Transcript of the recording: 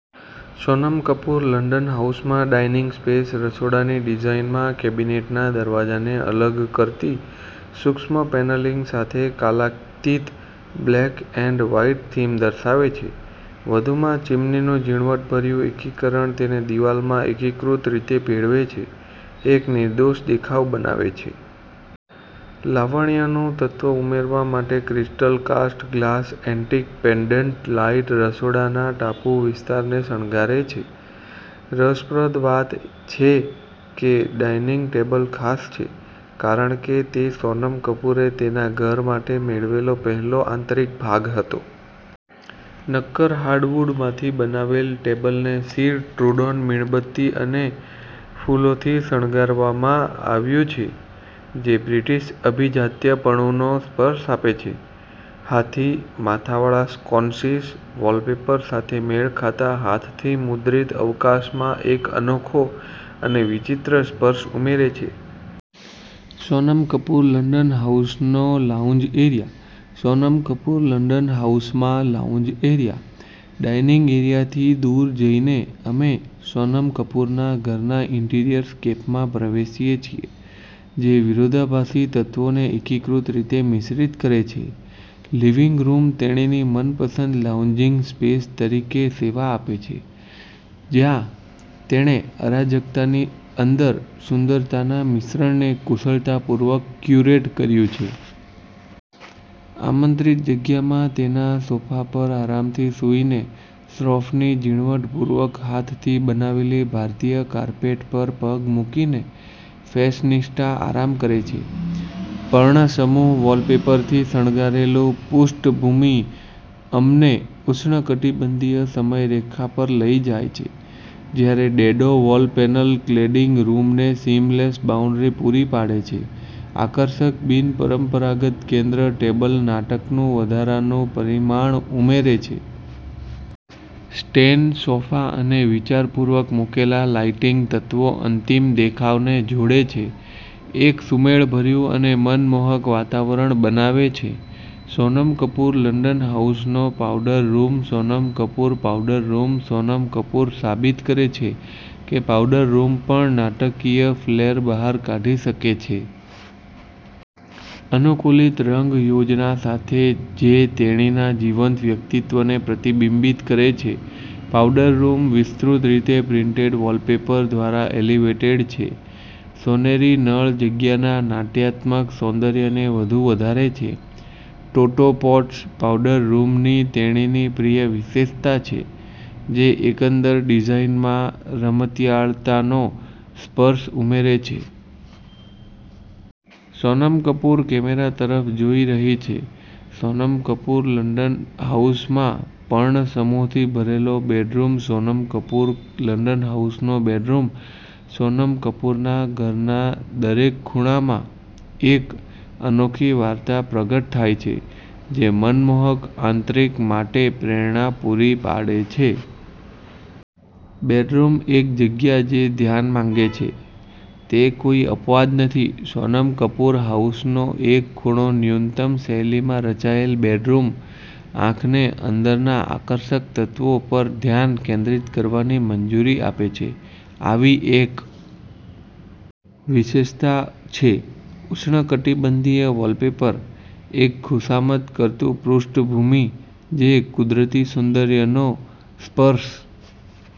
Sonam Kapoor London હાઉસમાં dining space રસોડાની ડિઝાઇનમાં કેબિનેટના દરવાજાને અલગ કરતી સૂક્ષ્મ પેનલિંગ સાથે કાલાતીત બ્લેક એન્ડ વ્હાઇટ થીમ દર્શાવે છે. વધુમાં, ચીમનીનું ઝીણવટભર્યું એકીકરણ તેને દિવાલમાં એકીકૃત રીતે ભેળવે છે, એક નિર્દોષ દેખાવ બનાવે છે. લાવણ્યનું તત્વ ઉમેરવા માટે, crystal cast glass antique pendant light રસોડાના ટાપુ વિસ્તારને શણગારે છે. રસપ્રદ વાત છે કે, ડાઇનિંગ ટેબલ ખાસ છે કારણ કે તે સોનમ કપૂરે તેના ઘર માટે મેળવેલો પહેલો આંતરિક ભાગ હતો. નક્કર હાર્ડવુડમાંથી બનાવેલ, ટેબલને સિર ટ્રુડોન મીણબત્તી અને ફૂલોથી શણગારવામાં આવ્યું છે, જે બ્રિટિશ અભિજાત્યપણુનો સ્પર્શ આપે છે. હાથી-માથાવાળા સ્કોન્સીસ, વૉલપેપર સાથે મેળ ખાતા હાથથી મુદ્રિત, અવકાશમાં એક અનોખો અને વિચિત્ર સ્પર્શ ઉમેરે છે. સોનમ કપૂર લંડન હાઉસનો lounge area Sonam Kapoor London હાઉસમાં લાઉન્જ એરિયા ડાઇનિંગ એરિયાથી દૂર જઈને, અમે સોનમ કપૂરના ઘરના ઈન્ટિરિયર સ્કેપમાં પ્રવેશીએ છીએ જે વિરોધાભાસી તત્વોને એકીકૃત રીતે મિશ્રિત કરે છે. લિવિંગ રૂમ તેણીની મનપસંદ લાઉન્જિંગ સ્પેસ તરીકે સેવા આપે છે, જ્યાં તેણે અરાજકતાની અંદર સુંદરતાના મિશ્રણને કુશળતાપૂર્વક ક્યુરેટ કર્યું છે. આમંત્રિત જગ્યામાં તેના સોફા પર આરામથી સૂઈને, શ્રોફની ઝીણવટપૂર્વક હાથથી બનાવેલી ભારતીય કાર્પેટ પર પગ મૂકીને ફેશનિસ્ટા આરામ કરે છે. પર્ણસમૂહ વૉલપેપરથી શણગારેલું પૃષ્ઠભૂમિ, અમને ઉષ્ણકટિબંધીય સમયરેખા પર લઈ જાય છે. જ્યારે ડેડો વોલ પેનલ ક્લેડીંગ રૂમને સીમલેસ બાઉન્ડ્રી પૂરી પાડે છે આકર્ષક, બિનપરંપરાગત કેન્દ્ર ટેબલ નાટકનું વધારાનું પરિમાણ ઉમેરે છે. સ્ટેન સોફા અને વિચારપૂર્વક મૂકેલા લાઇટિંગ તત્વો અંતિમ દેખાવને જોડે છે, એક સુમેળભર્યું અને મનમોહક વાતાવરણ બનાવે છે. સોનમ કપૂર લંડન હાઉસનો powder room Sonam Kapoor powder room Sonam Kapoor સાબિત કરે છે કે પાઉડર રૂમ પણ નાટકીય ફ્લેર બહાર કાઢી શકે છે. અનુકૂલિત રંગ યોજના સાથે જે તેણીના જીવંત વ્યક્તિત્વને પ્રતિબિંબિત કરે છે, પાવડર રૂમ વિસ્તૃત રીતે પ્રિન્ટેડ વૉલપેપર દ્વારા એલિવેટેડ છે. સોનેરી નળ જગ્યાના નાટ્યાત્મક સૌંદર્યને વધુ વધારે છે. ટોટો પોટ્સ પાવડર રૂમની તેણીની પ્રિય વિશેષતા છે, જે એકંદર ડિઝાઇનમાં રમતિયાળતાનો સ્પર્શ ઉમેરે છે. સોનમ કપૂર કેમેરા તરફ જોઈ રહી છે સોનમ કપૂર લંડન હાઉસમાં પર્ણસમૂહથી ભરેલો બેડરૂમ સોનમ કપૂર લંડન હાઉસનો બેડરૂમ સોનમ કપૂરના ઘરના દરેક ખૂણામાં, એક અનોખી વાર્તા પ્રગટ થાય છે, જે મનમોહક આંતરિક માટે પ્રેરણા પૂરી પાડે છે. બેડરૂમ, એક જગ્યા જે ધ્યાન માંગે છે, તે કોઈ અપવાદ નથી. સોનમ કપૂર હાઉસનો એક ખૂણો ન્યૂનતમ શૈલીમાં રચાયેલ, બેડરૂમ આંખને અંદરના આકર્ષક તત્વો પર ધ્યાન કેન્દ્રિત કરવાની મંજૂરી આપે છે. આવી એક વિશેષતા છે ઉષ્ણકટિબંધીય વૉલપેપર, એક ખુશામત કરતું પૃષ્ઠભૂમિ જે કુદરતી સૌંદર્યનો સ્પર્શ